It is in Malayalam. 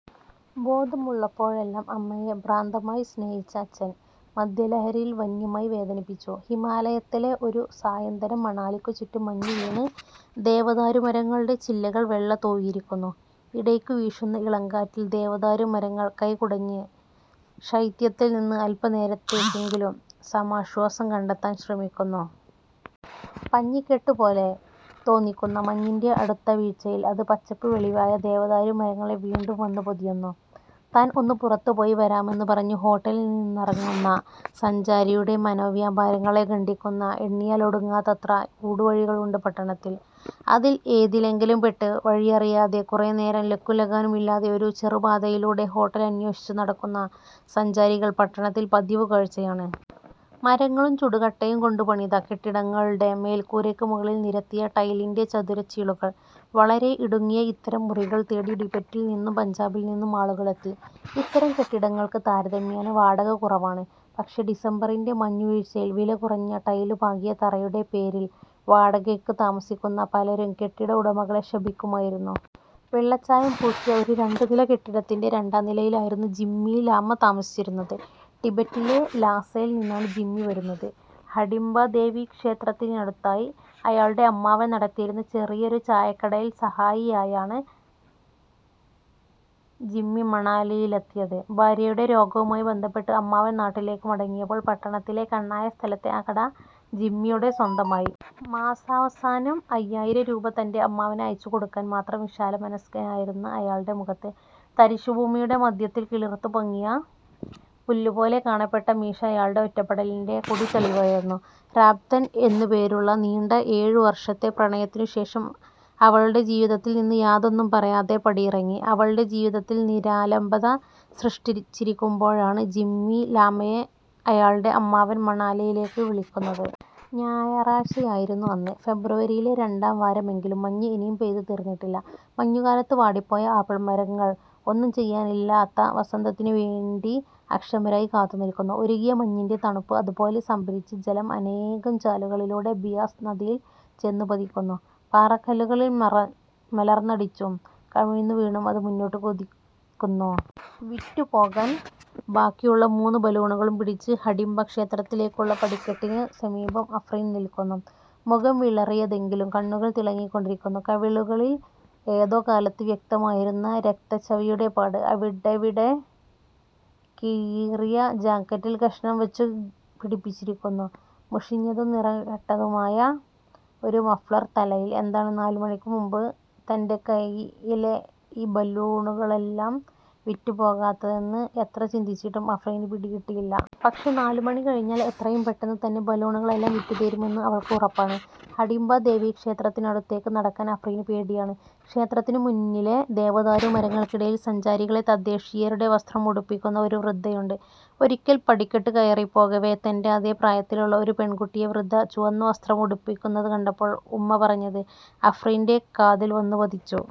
'ബോധമുള്ളപ്പോഴെല്ലാം അമ്മയെ ഭ്രാന്തമായി സ്നേഹിച്ച അച്ഛൻ, മദ്യലഹരിയിൽ വന്യമായി വേദനിപ്പിച്ചു... ' ഹിമാലയത്തിലെ ഒരു സായന്തനം മണാലിക്കു ചുറ്റും മഞ്ഞുവീണ് ദേവദാരു മരങ്ങളുടെ ചില്ലകൾ വെള്ള തൂവിയിരിക്കുന്നു. ഇടയ്ക്കു വീശുന്ന ഇളംകാറ്റിൽ ദേവദാരു മരങ്ങൾ കൈ കുടഞ്ഞ് ശൈത്യത്തിൽ നിന്ന് അല്പനേരത്തേക്കെങ്കിലും സമാശ്വാസം കണ്ടെത്താൻ ശ്രമിക്കുന്നു. പഞ്ഞിക്കെട്ടുപോലെ തോന്നിക്കുന്ന മഞ്ഞിന്റെ അടുത്ത വീഴ്ചയിൽ അത് പച്ചപ്പ് വെളിവായ ദേവദാരു മരങ്ങളെ വീണ്ടും വന്നുപൊതിയുന്നു. താൻ ഒന്നു പുറത്തുപോയി വരാമെന്നു പറഞ്ഞ് ഹോട്ടലിൽ നിന്നിറങ്ങുന്ന സഞ്ചാരിയുടെ മനോവ്യാപാരങ്ങളെ ഖണ്ഡിക്കുന്ന എണ്ണിയാൽ ഒടുങ്ങാത്തത്ര ഊടുവഴികളുണ്ട് പട്ടണത്തിൽ. അതിൽ ഏതിലെങ്കിലും പെട്ട് വഴിയറിയാതെ കുറേ നേരം ലക്കുംലഗാനുമില്ലാതെ ഒരു ചെറുപാതയിലൂടെ ഹോട്ടൽ അന്വേഷിച്ചു നടക്കുന്ന സഞ്ചാരികൾ പട്ടണത്തിൽ പതിവുകാഴ്ചയാണ്. മരങ്ങളും ചുടുകട്ടയും കൊണ്ടുപണിത കെട്ടിടങ്ങളുടെ മേൽക്കൂരയ്ക്കു മുകളിൽ നിരത്തിയ ടൈലിന്റെ ചതുരച്ചീളുകൾ. വളരെ ഇടുങ്ങിയ ഇത്തരം മുറികൾ തേടി ടിബറ്റിൽ നിന്നും പഞ്ചാബിൽ നിന്നും ആളുകളെത്തി. ഇത്തരം കെട്ടിടങ്ങൾക്ക് താരതമ്യേന വാടക കുറവാണ്. പക്ഷേ ഡിസംബറിന്റെ മഞ്ഞുവീഴ്ചയിൽ വിലകുറഞ്ഞ ടൈലു പാകിയ തറയുടെ പേരിൽ വാടകയ്ക്കു താമസിക്കുന്ന പലരും കെട്ടിട ഉടമകളെ ശപിക്കുമായിരുന്നു. വെള്ളച്ചായം പൂശിയ ഒരു രണ്ടുനില കെട്ടിടത്തിന്റെ രണ്ടാംനിലയിലായിരുന്നു ജിമ്മി ലാമ താമസിച്ചിരുന്നത്. ടിബറ്റിലെ ലാസയിൽ നിന്നാണ് ജിമ്മി വരുന്നത്. ഹഡിംബ ദേവി ക്ഷേത്രത്തിനടുത്തായി അയാളുടെ അമ്മാവൻ നടത്തിയിരുന്ന ചെറിയൊരു ചായക്കടയിൽ സഹായിയാണ് ജിമ്മി മണാലിയിലെത്തിയത്. ഭാര്യയുടെ രോഗവുമായി ബന്ധപ്പെട്ട് അമ്മാവൻ നാട്ടിലേക്കു മടങ്ങിയപ്പോൾ പട്ടണത്തിലെ കണ്ണായ സ്ഥലത്തെ ആ കട ജിമ്മിയുടെ സ്വന്തമായി. മാസവസാനം അയ്യായിരം രൂപ തന്റെ അമ്മാവന് അയച്ചുകൊടുക്കാൻ മാത്രം വിശാലമനസ്കനായിരുന്ന അയാളുടെ മുഖത്ത്, തരിശുഭൂമിയുടെ മധ്യത്തിൽ കിളിർത്തുപൊങ്ങിയ പുല്ലുപോലെ കാണപ്പെട്ട മീശ അയാളുടെ ഒറ്റപ്പെടലിന്റെ കൂടി തെളിവായിരുന്നു. റാബ്തൻ എന്നുപേരുള്ള നീണ്ട എഴുവർഷത്തെ പ്രണയത്തിനുശേഷം അവളുടെ ജീവിതത്തിൽ നിന്ന് യാതൊന്നും പറയാതെ പടിയിറങ്ങി, അവളുടെ ജീവിതത്തിൽ നിരാലംബത സൃഷ്ടിച്ചിരിക്കുമ്പോഴാണ് ജിമ്മി ലാമയെ അയാളുടെ അമ്മാവൻ മണാലിയിലേക്ക് വിളിക്കുന്നത്. ഞായറാഴ്ചയായിരുന്നു അന്ന്. ഫെബ്രുവരിയിലെ രണ്ടാം വാരമെങ്കിലും മഞ്ഞ് ഇനിയും പെയ്തുതീർന്നിട്ടില്ല. മഞ്ഞുകാലത്ത് വാടിപ്പോയ ആപ്പിൾ മരങ്ങൾ ഒന്നും ചെയ്യാനില്ലാത്ത വസന്തത്തിനുവേണ്ടി അക്ഷമരായി കാത്തുനില്ക്കുന്നു. ഉരുകിയ മഞ്ഞിന്റെ തണുപ്പ് അതുപോലെ സംഭരിച്ച് ജലം അനേകം ചാലുകളിലൂടെ ബിയാസ് നദിയിൽ ചെന്നുപതിക്കുന്നു. പാറക്കല്ലുകളിൽ മലർന്നടിച്ചും കമിഴ്ന്നുവീണും അത് മുന്നോട്ടുകുതിക്കുന്നു. വിറ്റുപോകാൻ ബാക്കിയുള്ള മൂന്നു ബലൂണുകളും പിടിച്ച് ഹഡിംബ ക്ഷേത്രത്തിലേക്കുള്ള പടിക്കെട്ടിനു സമീപം അഫ്രീൻ നില്ക്കുന്നു. മുഖം വിളറിയതെങ്കിലും കണ്ണുകൾ തിളങ്ങികൊണ്ടിരിക്കുന്നു. കവിളുകളിൽ ഏതോ കാലത്ത് വ്യക്തമായിരുന്ന രക്തച്ഛവിയുടെ പാട്. അവിടവിടെ കീറിയ ജാക്കറ്റിൽ കഷ്ണം വച്ചു പിടിപ്പിച്ചിരിക്കുന്നു. മുഷിഞ്ഞതും നിറംകെട്ടതുമായ ഒരു മഫ്ലർ തലയിൽ. എന്താണ് നാലുമണിക്ക് മുമ്പ് തന്റെ കൈയിലെ ബലൂണുകളെല്ലാം വിറ്റുപോകാത്തതെന്ന് എത്ര ചിന്തിച്ചിട്ടും അഫ്രീന് പിടികിട്ടിയില്ല. പക്ഷേ നാലുമണി കഴിഞ്ഞാൽ എത്രയുംപെട്ടെന്നു തന്നെ ബലൂണുകളെല്ലാം വിറ്റുതീരുമെന്ന് അവൾക്ക് ഉറപ്പാണ്. ഹഡിംബ ദേവി ക്ഷേത്രത്തിനടുത്തേക്ക് നടക്കാൻ അഫ്രീന് പേടിയാണ്. ക്ഷേത്രത്തിനു മുന്നിലെ ദേവദാരു മരങ്ങൾക്കിടയിൽ സഞ്ചാരികളെ തദ്ദേശീയരുടെ വസ്ത്രം ഉടുപ്പിക്കുന്ന ഒരു വൃദ്ധയുണ്ട്. ഒരിക്കൽ പടിക്കെട്ടു കയറിപ്പോകവേ തന്റെ അതേ പ്രായത്തിലുള്ള ഒരു പെൺകുട്ടിയെ വൃദ്ധ ചുവന്നവസ്ത്രം ഉടുപ്പിക്കുന്നതു കണ്ടപ്പോൾ ഉമ്മ പറഞ്ഞത് അഫ്രീന്റെ കാതിൽ വന്നുപതിച്ചു.